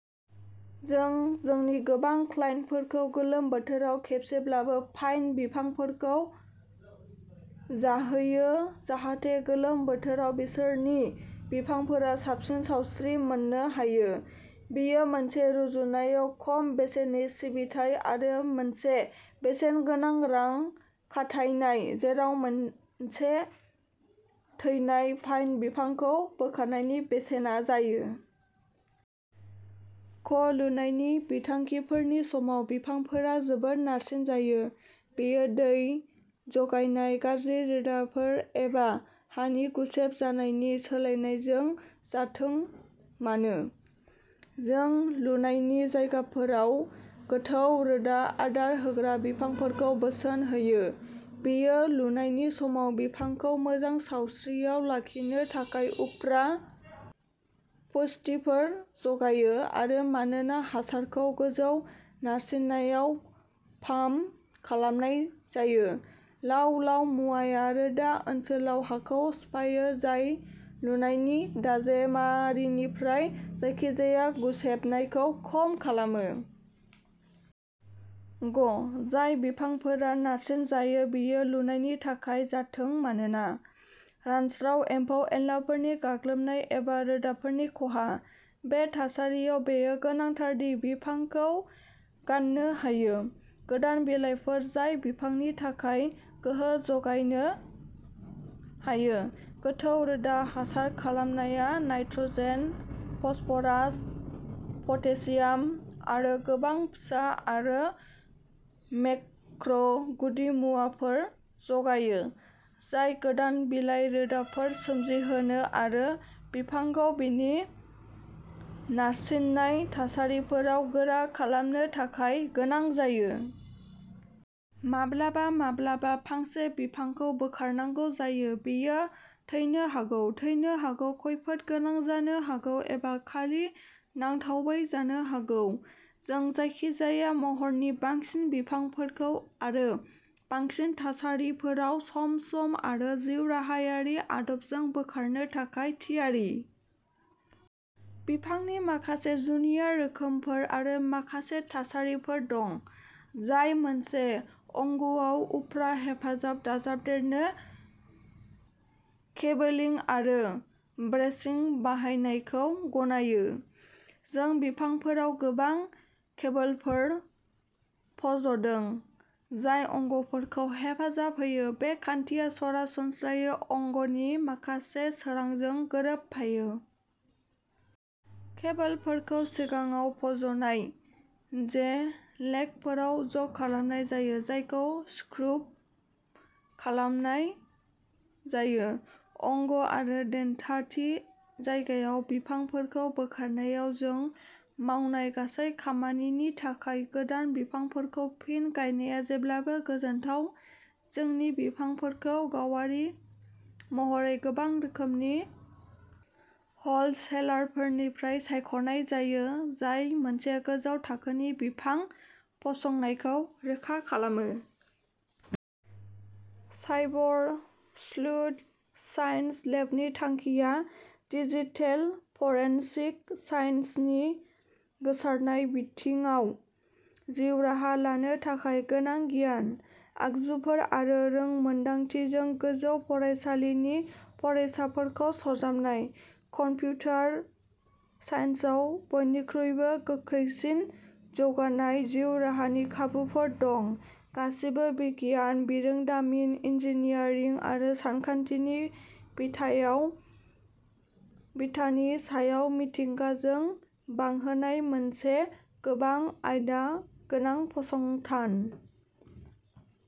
जों जोंनि गोबां क्लाइन्टफोरखौ गोलोम बोथोराव खेबसेब्लाबो पाइन बिफांफोरखौ जाहैयो जाहाथे गोलोम बोथोराव बिसोरनि बिफांफोरा साबसिन सावस्रि मोननो हायो। बेयो मोनसे रुजुनायाव खम बेसेननि सिबिथाइ आरो मोनसे बेसेनगोनां रां खाथायनाय, जेराव मोनसे थैनाय पाइन बिफांखौ बोखारनायनि बेसेना जायो। ख लुनायनि बिथांखिफोरनि समाव, बिफांफोरा जोबोद नारसिनजायो, बेयो दै जगायनाय, गाज्रि रोदाफोर एबा हानि गुसेब जानायनि सोलायनायजों जाथों मानो। जों लुनायनि जायगाफोराव गोथौ रोदा आदार होग्रा बिफांफोरखौ बोसोन होयो, बेयो लुनायनि समाव बिफांखौ मोजां सावस्रियाव लाखिनो थाखाय उफ्रा पुष्टिफोर जगायो आरो, मानोना हासारखौ गोजौ नारसिननायाव पाम्प खालामनाय जायो, लाव-लाव मुवाया रोदा ओनसोलाव हाखौ सिफायो जाय लुनायनि दाजेमारिनिफ्राय जायखिजाया गुसेबनायखौ खम खालामो। ग जाय बिफांफोरा नारसिनजायो, बेयो लुनायनि थाखाय जाथों मानो, रानस्राव, एम्फौ-एनलाफोरनि गाग्लोबनाय एबा रोदाफोरनि खहा। बे थासारियाव बेयो गोनांथार दि बिफांखौ गाननो हायो। गोदान बिलाइफोर जाय बिफांनि थाखाय गोहो जगायनो हायो। गोथौ रोदा हासार खालामनाया नाइट्रजेन, फस्फरास, पटेसियाम आरो गोबां फिसा आरो मेक्रो गुदिमुवाफोर जगायो, जाय गोदान बिलाइ, रोदाफोर सोमजिहोनो आरो बिफांखौ बिनि नारसिननाय थासारिफोराव गोरा खालामनो थाखाय गोनां जायो। माब्लाबा माब्लाबा फांसे बिफांखौ बोखारनांगौ जायो। बेयो थैनो हागौ, थैनो हागौ, खैफोदगोनां जानो हागौ एबा खालि नांथावै जानो हागौ। जों जायखिजाया महरनि बांसिन बिफांफोरखौ आरो बांसिन थासारिफोराव सम-सम आरो जिउराहायारि आदबजों बोखारनो थाखाय थियारि। बिफांनि माखासे जुनिया रोखोमफोर आरो माखासे थासारिफोर दं, जाय मोनसे अंगआव उफ्रा हेफाजाब दाजाबदेरनो केबोलिं आरो ब्रेसिं बाहायनायखौ गनायो। जों बिफांफोराव गोबां केबोलफोर फज'दों, जाय अंगफोरखौ हेफाजाब होयो, बे खान्थिया सरासनस्रायै अंगनि माखासे सोरांजों गोरोबफायो। केबोलफोरखौ सिगाङाव फज'नाय जे लेगफोराव ज'खालामनाय जायो, जायखौ स्क्रुव खालामनाय जायो। अंग आरो देन्था थि जायगायाव। बिफांफोरखौ बोखारनायाव जों मावनाय गासै खामानिनि थाखाय गोदान बिफांफोरखौ फिन गायनाया जेब्लाबो गोजोनथाव। जोंनि बिफांफोरखौ गावारि महरै गोबां रोखोमनि हलसेलारफोरनिफ्राय सायख'नाय जायो, जाय मोनसे गोजौ थाखोनि बिफां फसंनायखौ रोखा खालामो। साइबर स्लुथ साइन्स लेबनि थांखिया डिजिटेल फरेनसिक साइन्सनि गोसारनाय बिथिङाव जिउ राहा लानो थाखाय गोनां गियान, आगजुफोर आरो रोंमोनदांथिजों गोजौ फरायसालिनि फरायसाफोरखौ सरजाबनाय। कम्पिउटार साइन्सआव बयनिख्रुइबो गोख्रैसिन जौगानाय जिउ राहानि खाबुफोर दं। गासैबो बिगियान, बिरोंदामिन, इन्जिनियारिं आरो सानखान्थिनि बिथायाव बिथानि सायाव मिथिंगाजों बांहोनाय मोनसे गोबां आयदा गोनां फसंथान।